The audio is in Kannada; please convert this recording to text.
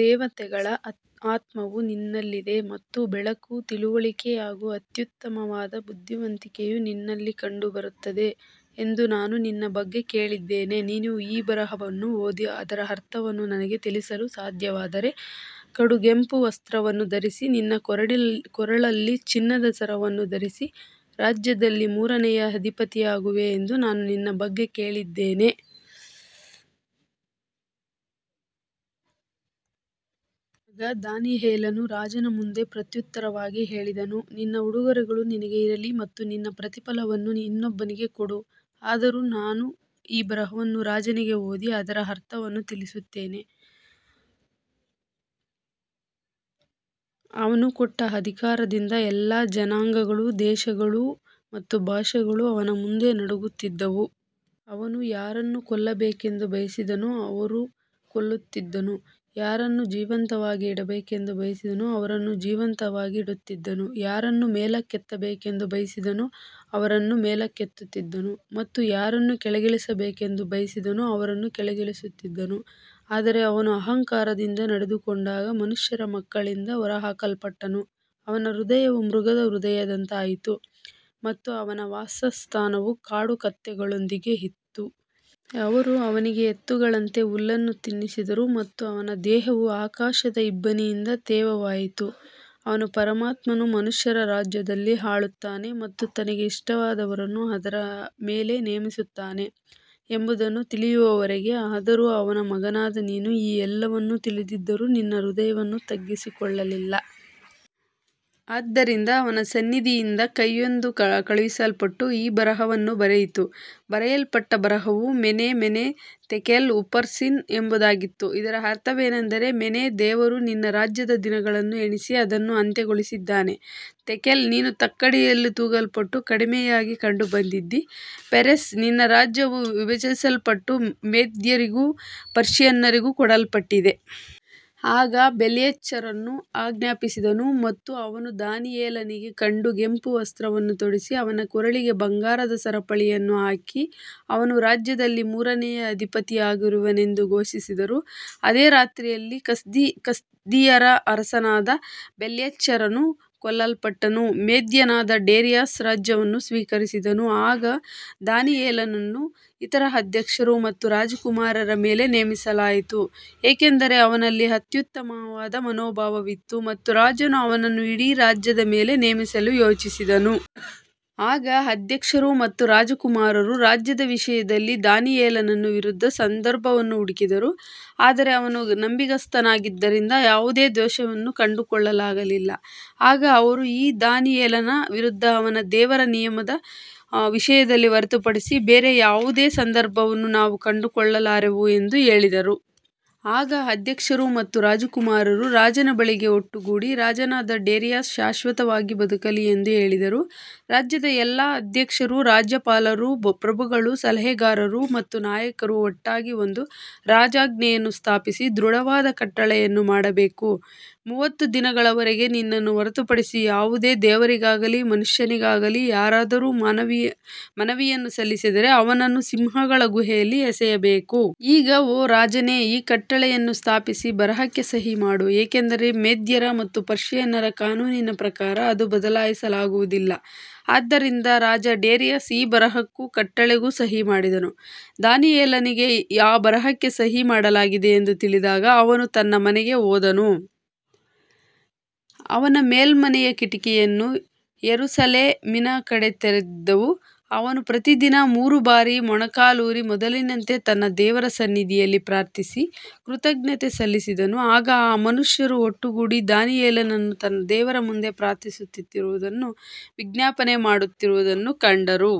ದೇವತೆಗಳ ಆತ್ಮವು ನಿನ್ನಲ್ಲಿದೆ ಮತ್ತು ಬೆಳಕು, ತಿಳುವಳಿಕೆ ಹಾಗೂ ಅತ್ಯುತ್ತಮವಾದ ಬುದ್ಧಿವಂತಿಕೆಯು ನಿನ್ನಲ್ಲಿ ಕಂಡುಬರುತ್ತದೆ ಎಂದು ನಾನು ನಿನ್ನ ಬಗ್ಗೆ ಕೇಳಿದ್ದೇನೆ. ನೀನು ಈ ಬರಹವನ್ನು ಓದಿ ಅದರ ಅರ್ಥವನ್ನು ನನಗೆ ತಿಳಿಸಲು ಸಾಧ್ಯವಾದರೆ, ಕಡುಗೆಂಪು ವಸ್ತ್ರವನ್ನು ಧರಿಸಿ, ನಿನ್ನ ಕೊರಳಲ್ಲಿ ಚಿನ್ನದ ಸರವನ್ನು ಧರಿಸಿ, ರಾಜ್ಯದಲ್ಲಿ ಮೂರನೆಯ ಅಧಿಪತಿಯಾಗುವೆ ಎಂದು ನಾನು ನಿನ್ನ ಬಗ್ಗೆ ಕೇಳಿದ್ದೇನೆ. ಆಗ ದಾನಿಯೇಲನು ರಾಜನ ಮುಂದೆ ಪ್ರತ್ಯುತ್ತರವಾಗಿ ಹೇಳಿದನು, ನಿನ್ನ ಉಡುಗೊರೆಗಳು ನಿನಗೇ ಇರಲಿ ಮತ್ತು ನಿನ್ನ ಪ್ರತಿಫಲವನ್ನು ಇನ್ನೊಬ್ಬನಿಗೆ ಕೊಡು. ಆದರೂ ನಾನು ಈ ಬರಹವನ್ನು ರಾಜನಿಗೆ ಓದಿ ಅದರ ಅರ್ಥವನ್ನು ತಿಳಿಸುತ್ತೇನೆ. ಅವನು ಕೊಟ್ಟ ಅಧಿಕಾರದಿಂದಾಗಿ ಎಲ್ಲಾ ಜನಾಂಗಗಳು, ದೇಶಗಳು ಮತ್ತು ಭಾಷೆಗಳು ಅವನ ಮುಂದೆ ನಡುಗುತ್ತಿದ್ದವು. ಅವನು ಯಾರನ್ನು ಕೊಲ್ಲಬೇಕೆಂದು ಬಯಸಿದನೋ ಅವರನ್ನು ಕೊಲ್ಲುತ್ತಿದ್ದನು, ಯಾರನ್ನು ಜೀವಂತವಾಗಿ ಇಡಬೇಕೆಂದು ಬಯಸಿದನೋ ಅವರನ್ನು ಜೀವಂತವಾಗಿ ಇಡುತ್ತಿದ್ದನು, ಯಾರನ್ನು ಮೇಲಕ್ಕೆತ್ತಬೇಕೆಂದು ಬಯಸಿದನೋ ಅವರನ್ನು ಮೇಲಕ್ಕೆತ್ತುತ್ತಿದ್ದನು ಮತ್ತು ಯಾರನ್ನು ಕೆಳಗಿಳಿಸಬೇಕೆಂದು ಬಯಸಿದನೋ ಅವರನ್ನು ಕೆಳಗಿಳಿಸುತ್ತಿದ್ದನು. ಆದರೆ ಅವನು ಅಹಂಕಾರದಿಂದ ನಡೆದುಕೊಂಡಾಗ ಮನುಷ್ಯರ ಮಕ್ಕಳಿಂದ ಹೊರಹಾಕಲ್ಪಟ್ಟನು. ಅವನ ಹೃದಯವು ಮೃಗದ ಹೃದಯದಂತಾಯಿತು ಮತ್ತು ಅವನ ವಾಸಸ್ಥಾನವು ಕಾಡು ಕತ್ತೆಗಳೊಂದಿಗೆ ಇತ್ತು. ಅವರು ಅವನಿಗೆ ಎತ್ತುಗಳಂತೆ ಹುಲ್ಲನ್ನು ತಿನ್ನಿಸಿದರು ಮತ್ತು ಅವನ ದೇಹವು ಆಕಾಶದ ಇಬ್ಬನಿಯಿಂದ ತೇವವಾಯಿತು, ಅವನು ಪರಮಾತ್ಮನು ಮನುಷ್ಯರ ರಾಜ್ಯದಲ್ಲಿ ಆಳುತ್ತಾನೆ ಮತ್ತು ತನಗೆ ಇಷ್ಟವಾದವರನ್ನು ಅದರ ಮೇಲೆ ನೇಮಿಸುತ್ತಾನೆ ಎಂಬುದನ್ನು ತಿಳಿಯುವವರೆಗೆ. ಆದರೂ ಅವನ ಮಗನಾದ ನೀನು ಈ ಎಲ್ಲವನ್ನೂ ತಿಳಿದಿದ್ದರೂ ನಿನ್ನ ಹೃದಯವನ್ನು ತಗ್ಗಿಸಿಕೊಳ್ಳಲಿಲ್ಲ. ಆದ್ದರಿಂದ ಅವನ ಸನ್ನಿಧಿಯಿಂದ ಕೈಯೊಂದು ಕಳುಹಿಸಲ್ಪಟ್ಟು ಈ ಬರಹವನ್ನು ಬರೆಯಿತು. ಬರೆಯಲ್ಪಟ್ಟ ಬರಹವು ಮೆನೆ, ಮೆನೆ, ತೆಕೆಲ್, ಉಪರ್ಸಿನ್ ಎಂಬುದಾಗಿತ್ತು. ಇದರ ಅರ್ಥವೇನೆಂದರೆ, ಮೆನೆ, ದೇವರು ನಿನ್ನ ರಾಜ್ಯದ ದಿನಗಳನ್ನು ಎಣಿಸಿ ಅದನ್ನು ಅಂತ್ಯಗೊಳಿಸಿದ್ದಾನೆ. ತೆಕೆಲ್, ನೀನು ತಕ್ಕಡಿಯಲ್ಲಿ ತೂಗಲ್ಪಟ್ಟು ಕಡಿಮೆಯಾಗಿ ಕಂಡುಬಂದಿದ್ದೀ. ಪೆರೆಸ್, ನಿನ್ನ ರಾಜ್ಯವು ವಿಭಜಿಸಲ್ಪಟ್ಟು ಮೇದ್ಯರಿಗೂ ಪರ್ಷಿಯನ್ನರಿಗೂ ಕೊಡಲ್ಪಟ್ಟಿದೆ. ಆಗ ಬೇಲ್ಶಚ್ಚರನು ಆಜ್ಞಾಪಿಸಿದನು ಮತ್ತು ಅವರು ದಾನಿಯೇಲನಿಗೆ ಕಡುಗೆಂಪು ವಸ್ತ್ರವನ್ನು ತೊಡಿಸಿ, ಅವನ ಕೊರಳಿಗೆ ಬಂಗಾರದ ಸರಪಣಿಯನ್ನು ಹಾಕಿ, ಅವನು ರಾಜ್ಯದಲ್ಲಿ ಮೂರನೆಯ ಅಧಿಪತಿಯಾಗಿರುವನೆಂದು ಘೋಷಿಸಿದರು. ಅದೇ ರಾತ್ರಿಯಲ್ಲಿ ಕಸ್ದೀಯರ ಅರಸನಾದ ಬೇಲ್ಶಚ್ಚರನು ಕೊಲ್ಲಲ್ಪಟ್ಟನು. ಮೇದ್ಯನಾದ ಡೇರಿಯಸ್ ರಾಜ್ಯವನ್ನು ಸ್ವೀಕರಿಸಿದನು. ಆಗ ದಾನಿಯೇಲನನ್ನು ಇತರ ಅಧ್ಯಕ್ಷರು ಮತ್ತು ರಾಜಕುಮಾರರ ಮೇಲೆ ನೇಮಿಸಲಾಯಿತು, ಏಕೆಂದರೆ ಅವನಲ್ಲಿ ಅತ್ಯುತ್ತಮವಾದ ಮನೋಭಾವವಿತ್ತು ಮತ್ತು ರಾಜನು ಅವನನ್ನು ಇಡೀ ರಾಜ್ಯದ ಮೇಲೆ ನೇಮಿಸಲು ಯೋಚಿಸಿದನು. ಆಗ ಅಧ್ಯಕ್ಷರು ಮತ್ತು ರಾಜಕುಮಾರರು ರಾಜ್ಯದ ವಿಷಯದಲ್ಲಿ ದಾನಿಯೇಲನ ವಿರುದ್ಧ ಸಂದರ್ಭವನ್ನು ಹುಡುಕಿದರು, ಆದರೆ ಅವನು ನಂಬಿಗಸ್ತನಾಗಿದ್ದರಿಂದ ಯಾವುದೇ ದೋಷವನ್ನೂ ಕಂಡುಕೊಳ್ಳಲಾಗಲಿಲ್ಲ. ಆಗ ಅವರು, ಈ ದಾನಿಯೇಲನ ವಿರುದ್ಧ ಅವನ ದೇವರ ನಿಯಮದ ವಿಷಯದಲ್ಲಿ ಹೊರತುಪಡಿಸಿ ಬೇರೆ ಯಾವುದೇ ಸಂದರ್ಭವನ್ನು ನಾವು ಕಂಡುಕೊಳ್ಳಲಾರೆವು ಎಂದು ಹೇಳಿದರು. ಆಗ ಅಧ್ಯಕ್ಷರು ಮತ್ತು ರಾಜಕುಮಾರರು ರಾಜನ ಬಳಿಗೆ ಒಟ್ಟುಗೂಡಿ, ರಾಜನಾದ ಡೇರಿಯಸ್ ಶಾಶ್ವತವಾಗಿ ಬದುಕಲಿ ಎಂದು ಹೇಳಿದರು. ರಾಜ್ಯದ ಎಲ್ಲಾ ಅಧ್ಯಕ್ಷರು, ರಾಜ್ಯಪಾಲರು, ಪ್ರಭುಗಳು, ಸಲಹೆಗಾರರು ಮತ್ತು ನಾಯಕರು ಒಟ್ಟಾಗಿ ಒಂದು ರಾಜಾಜ್ಞೆಯನ್ನು ಸ್ಥಾಪಿಸಿ, ದೃಢವಾದ ಕಟ್ಟಳೆಯನ್ನು ಮಾಡಬೇಕು. ಮೂವತ್ತು ದಿನಗಳವರೆಗೆ ನಿನ್ನನ್ನು ಹೊರತುಪಡಿಸಿ ಯಾವುದೇ ದೇವರಿಗಾಗಲಿ ಮನುಷ್ಯನಿಗಾಗಲಿ ಯಾರಾದರೂ ಮನವಿಯನ್ನು ಸಲ್ಲಿಸಿದರೆ, ಅವನನ್ನು ಸಿಂಹಗಳ ಗುಹೆಯಲ್ಲಿ ಎಸೆಯಬೇಕು. ಈಗ ಓ ರಾಜನೇ, ಈ ಕಟ್ಟಳೆಯನ್ನು ಸ್ಥಾಪಿಸಿ ಬರಹಕ್ಕೆ ಸಹಿ ಮಾಡು, ಏಕೆಂದರೆ ಮೇದ್ಯರ ಮತ್ತು ಪರ್ಷಿಯನ್ನರ ಕಾನೂನಿನ ಪ್ರಕಾರ ಅದು ಬದಲಾಯಿಸಲಾಗುವುದಿಲ್ಲ. ಆದ್ದರಿಂದ ರಾಜ ಡೇರಿಯಸ್ ಆ ಬರಹಕ್ಕೂ ಕಟ್ಟಳೆಗೂ ಸಹಿ ಮಾಡಿದನು. ದಾನಿಯೇಲನಿಗೆ ಆ ಬರಹಕ್ಕೆ ಸಹಿ ಮಾಡಲಾಗಿದೆ ಎಂದು ತಿಳಿದಾಗ, ಅವನು ತನ್ನ ಮನೆಗೆ ಹೋದನು. ಅವನ ಮೇಲ್ಮನೆಯ ಕಿಟಕಿಗಳು ಯೆರೂಸಲೇಮಿನ ಕಡೆಗೆ ತೆರೆದಿದ್ದವು. ಅವನು ಪ್ರತಿದಿನ ಮೂರು ಬಾರಿ ಮೊಣಕಾಲೂರಿ, ಮೊದಲಿನಂತೆ ತನ್ನ ದೇವರ ಸನ್ನಿಧಿಯಲ್ಲಿ ಪ್ರಾರ್ಥಿಸಿ ಕೃತಜ್ಞತೆ ಸಲ್ಲಿಸಿದನು. ಆಗ ಆ ಮನುಷ್ಯರು ಒಟ್ಟುಗೂಡಿ ದಾನಿಯೇಲನು ತನ್ನ ದೇವರ ಮುಂದೆ ಪ್ರಾರ್ಥಿಸುತ್ತಿರುವುದನ್ನೂ ವಿಜ್ಞಾಪನೆ ಮಾಡುತ್ತಿರುವುದನ್ನೂ ಕಂಡರು.